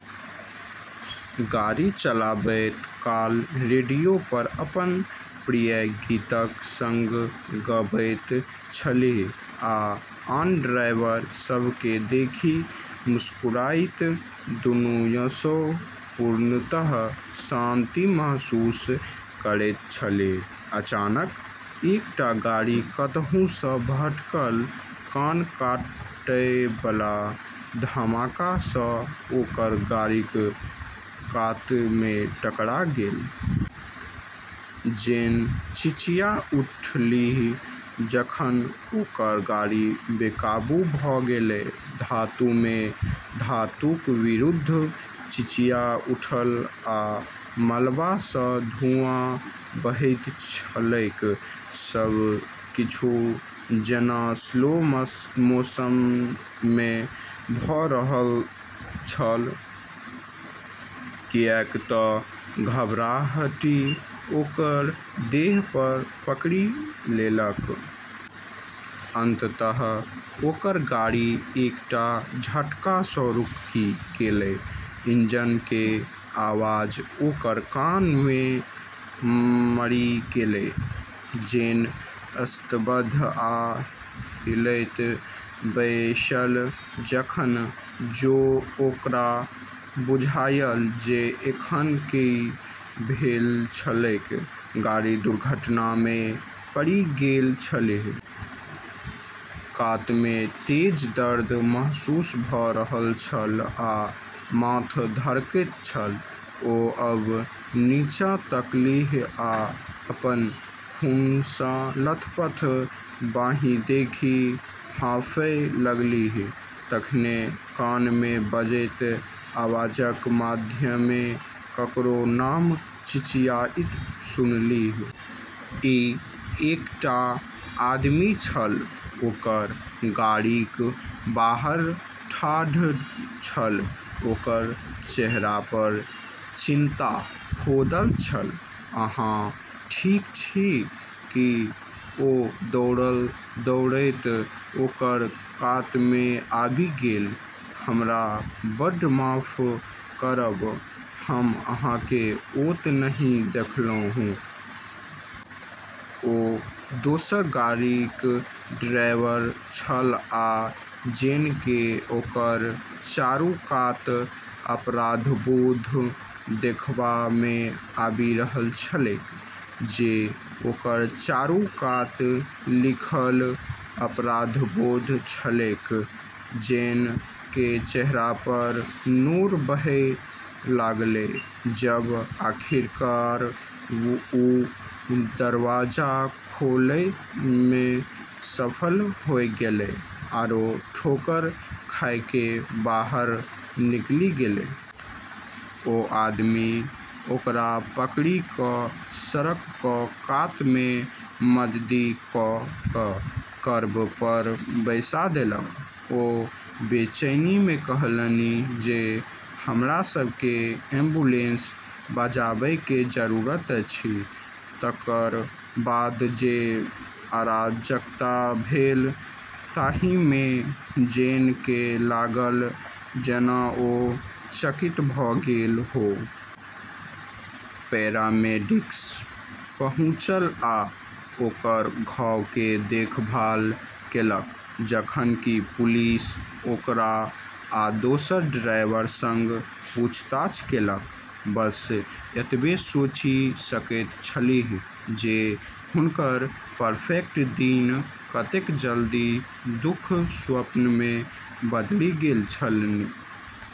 गाड़ी चलाबैत काल रेडियो पर अपन प्रिय गीतक संग गबैत छलीह आ आन ड्राइवर सभकेँ देखि मुस्कुराइत दुनियाँसँ पूर्णतः शांति महसूस करैत छलीह। अचानक एकटा गाड़ी कतहु सँ भटकल, कान कटय बला धमाका सँ ओकर गाड़ीक कात मे टकरा गेल। जेन चिचिया उठलीह जखन ओकर गाड़ी बेकाबू भ गेलै, धातु मे धातुक विरुद्ध चिचिया उठल आ मलबा सँ धुँआ बहैत छलैक। सब किछु जेना स्लो मोशन मे भ रहल छल किएक त घबराहटि ओकर देह पर पकड़ि लेलक। अंततः ओकर गाड़ी एकटा झटका सँ रुकि गेलै, इंजन के आवाज ओकर कान मे मरि गेलै। जेन स्तब्ध आ हिलैत बैसल, जखन ओकरा बुझायल जे एखन की भेल छलैक। गाड़ी दुर्घटना मे पड़ि गेल छलीह। कात मे तेज दर्द महसूस भ रहल छल आ माथ धड़कैत छल। ओ आब नीचाँ तकलीह आ अपन खूनसँ लथपथ बाँहि देखि हांफय लगलीह। तखने कान मे बजैत आवाजक माध्यमे ककरो नाम चिचियाइत सुनलीह। ई एकटा आदमी छल, ओकर गाड़ीक बाहर ठाढ़ छल, ओकर चेहरा पर चिन्ता खोदल छल। "अहाँ ठीक छी की? " ओ दौड़ल-दौड़ैत ओकर कात मे आबि गेल। "हमरा बड्ड माफ करब, हम अहाँ केँ ओत' नहि देखलहुँ! " ओ दोसर गाड़ीक ड्राइवर छल आ जेन केँ ओकर चारू कात अपराधबोध देखबा मे आबि रहल छलैक जे ओकर चारू कात लिखल अपराधबोध छलैक। जेन के चेहरा पर नोर बहय लागलै, जबेॅ आखिरकार वू दरवाजा खोलै में सफल होय गेलै आरो ठोकर खाय केॅ बाहर निकली गेलै। ओ आदमी ओकरा पकड़ि क' सड़कक कात मे मददि क' क' कर्ब पर बैसा देलक। ओ बेचैनी मे कहलनि जे, हमरा सब के एम्बुलेंस बजाबय के जरूरत अछि। तकर बाद जे अराजकता भेल ताहि मे जेन केँ लागल जेना ओ चकित भ' गेल हो। पैरामेडिक्स पहुंचल आ ओकर घाव के देखभाल केलक जखन कि पुलिस ओकरा आ दोसर ड्राइवर सं पूछताछ केलक। बस एतबे सोचि सकैत छलीह जे हुनकर परफेक्ट दिन कतेक जल्दी दुःस्वप्न मे बदलि गेल छलनि।